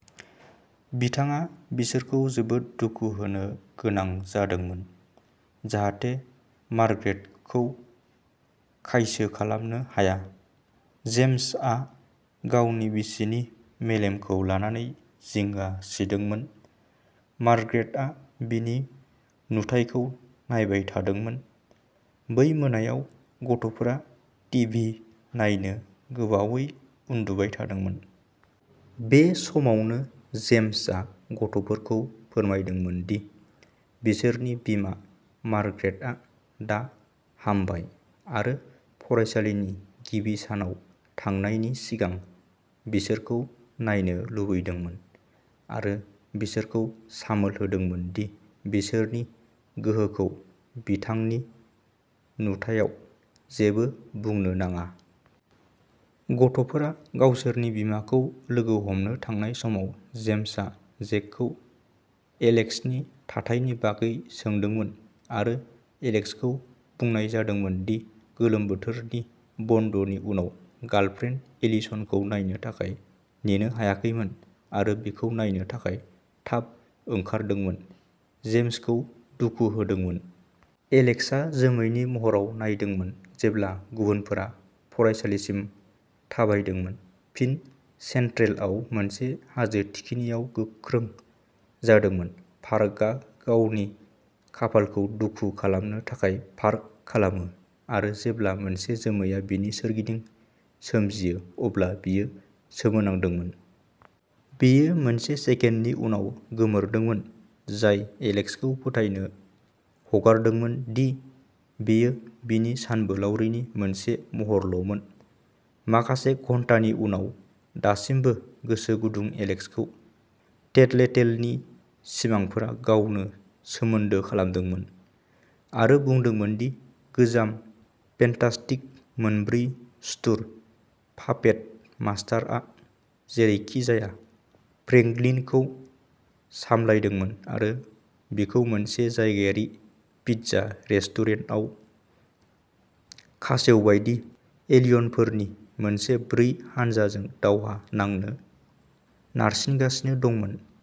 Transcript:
बिथाङा बिसोरखौ जोबोद दुखु होनो गोनां जादोंमोन जाहाथे मार्ग्रेट खौ खायसो खालामनो हाया। जेम्स आ गावनि बिसिनि मेलेमखौ लानानै जिंगा सिदोंमोन, मार्ग्रेट आ बिनि नुथायखौ नायबाय थादोंमोन। बै मोनायाव गथ'फोरा टिभि नायनो गोबावै उन्दुबाय थादोंमोन। बे समावनो जेम्स आ गथ'फोरखौ फोरमायदोंमोन दि बिसोरनि बिमा मार्ग्रेट आ दा हामबाय आरो फरायसालिनि गिबि सानाव थांनायनि सिगां बिसोरखौ नायनो लुबैदोंमोन आरो बिसोरखौ सामोल होदोंमोन दि बिसोरनि गोहोखौ बिथांनि नुथायाव जेबो बुंनो नाङा। गथ'फोरा गावसोरनि बिमाखौ लोगो हमनो थांनाय समाव, जेम्स आ जेकखौ एलेक्स नि थाथायनि बागै सोंदोंमोन आरो एलेक्स खौ बुंनाय जादोंमोन दि गोलोम बोथोरनि बन्द'नि उनाव गार्लफ्रेन्ड एलिसनखौ नायनो थाखाय नेनो हायाखैमोन आरो बिखौ नायनो थाखाय थाब ओंखारदोंमोन, जेम्स खौ दुखु होदोंमोन। एलेक्स आ जोमैनि महराव नायदोंमोन जेब्ला गुबुनफोरा फरायसालिसिम थाबायदोंमोन, फिन सेन्ट्रेलआव मोनसे हाजो थिखिनियाव गोख्रों जादोंमोन। पार्कआ गावनि खाफालखौ दुखु खालामनो थाखाय पार्क खालामो आरो जेब्ला मोनसे जोमैआ बिनि सोरगिदिं सोमजियो अब्ला बियो सोमोनांदोंमोन। बेयो मोनसे सेकेन्डनि उनाव गोमोरदोंमोन, जाय एलेक्स खौ फोथायनो हगारदोंमोन दि बेयो बिनि सानबोलावरिनि मोनसे महरल'मोन। माखासे घन्टानि उनाव दासिमबो गोसो गुदुं एलेक्स खौ टेटलेटेलनि सिमांफोरा गावनो सोमोन्दो खालामदोंमोन आरो बुंदोंमोन दि गोजाम फेन्टास्टिक मोनब्रै सुथुर पापेट मास्टारआ जेरैखिजाया फ्रेंकलिनखौ सामलायदोंमोन आरो बिखौ मोनसे जायगायारि पिज्जा रेस्टुरेन्टआव खासेव बायदि एलियनफोरनि मोनसे ब्रै हानजाजों दावहा नांनो नारसिनगासिनो दंमोन।